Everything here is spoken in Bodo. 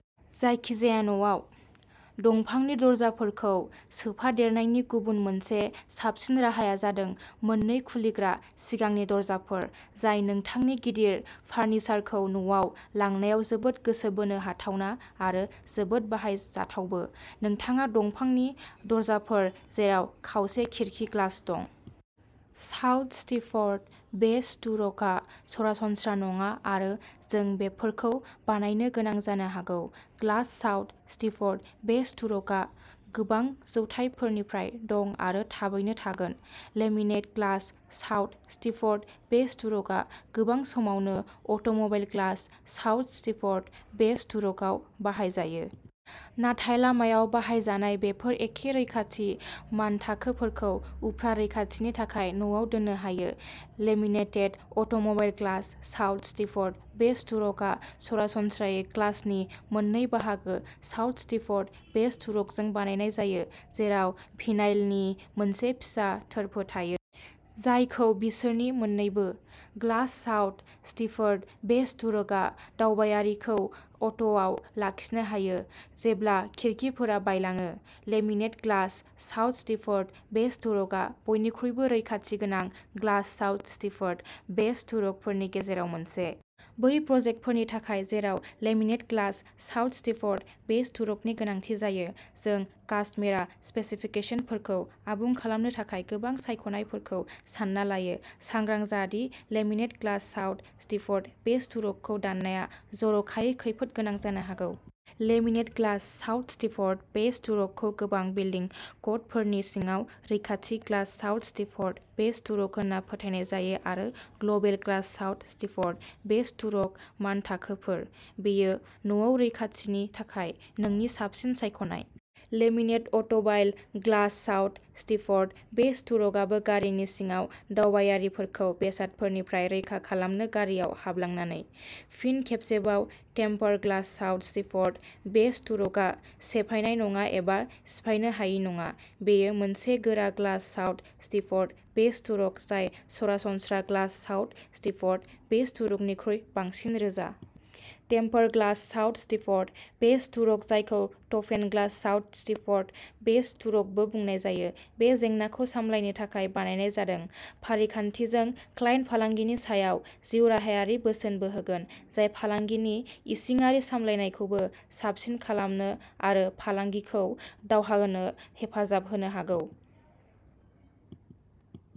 जायखिजाया न'आव। दंफांनि दरजाफोरखौ सोफादेरनायनि गुबुन मोनसे साबसिन राहाया जादों मोननै खुलिग्रा सिगांनि दरजाफोर। जाय नोंथांनि गिदिर फारनिचारखौ न'आव लांनायाव जोबोद गोसो बोनो हाथावना आरो जोबोद बाहायजाथावबो। नोंथाङा दंफांनि दरजाफोर जेराव खावसे खिरखि ग्लास दं। साउथ स्टिफ'र्ड, वेस्ट थुर'क आ सरासनस्रा नङा आरो जों बेफोरखौ बानायनो गोनां जानो हागौ। Glass South Stifford, West Thurrock, आ गोबां जौथायफोरनिफ्राय दं आरो थाबैनो थागोन। Laminated glass South Stifford, West Thurrock, आ गोबां समावनो automobile glass South Stifford, West Thurrock, आव बाहायजायो। नाथाय लामायाव बाहायजानाय बेफोर एखे रैखाथि मानथाखोफोरखौ उफ्रा रैखाथिनि थाखाय न'आव दोननो हायो। Laminated automobile glass South Stifford, West Thurrock आ सरासनस्रायै ग्लासनि मोननै बाहागो साउथ स्टिफ'र्ड, वेस्ट थुर'क जों बानायनाय जायो। जेराव भिनाइलनि मोनसे फिसा थोरफो थायो। जायखौ बिसोरनि मोननैबो। Glass South Stifford, West Thurrock आ दावबायारिखौ अट'आव लाखिनो हायो। जेब्ला खिरखिफोरा बायलाङो। Laminated glass South Stifford, West Thurrock आ बयनिख्रुइबो रैखाथि गोनां glass South Stifford, West Thurrock फोरनि गेजेराव मोनसे। बै प्रजेक्टफोरनि थाखाय जेराव laminated glass South Stifford, West Thurrock नि गोनांथि जायो। जों कास्टमेरा स्पेसिफिकेसनफोरखौ आबुं खालामनो थाखाय गोबां सायख'नायफोरखौ सानना लायो। सांग्रां जा दि laminated glass South Stifford, West Thurrock खौ दाननाया जर'खायै खैफोद गोनां जानो हागौ। Laminated glass South Stifford, West Thurrock खौ गोबां बिल्डिं क'डफोरनि सिङाव रैखाथि glass South Stifford, West Thurrock होनना फोथायनाय जायो आरो global glass South Stifford, West Thurrock मानथाखोफोर। बेयो न'आव रैखाथिनि थाखाय नोंनि साबसिन सायख'नाय। Laminated automobile glass South Stifford, West Thurrock आबो गारिनि सिङाव दावबायारिफोरखौ बेसादफोरनिफ्राय रैखा खालामनो गारिआव हाबलांनानै। फिन खेबसेबाव, tempered glass South Stifford, West थुरकआ सेफायनाय नङा एबा सिफायनो हायै नङा। बेयो मोनसे गोरा glass South Stifford, West Thurrock, जाय सरासनस्रा ग्लास साउथ स्टिफफर्ड, वेस्ट थुरकनिख्रुइ बांसिन रोजा। Tempered glass South Stifford, West Thurrock जायखौ टफहेन ग्लास साउथ स्टिफफोर्ड, वेस्ट थुरकबो बुंनाय जायो। बे जेंनाखौ सामलायनो थाखाय बानायनाय जादों। फारिखान्थि जों क्लायन्ट फालांगिनि सायाव जिउराहायारि बोसोनबो होगोन। जाय फालांगिनि इसिङारि सामलायनायखौ साबसिन खालामनो आरो फालांगिखौ दावगाहोनो हेफाजाब होनो हागौ।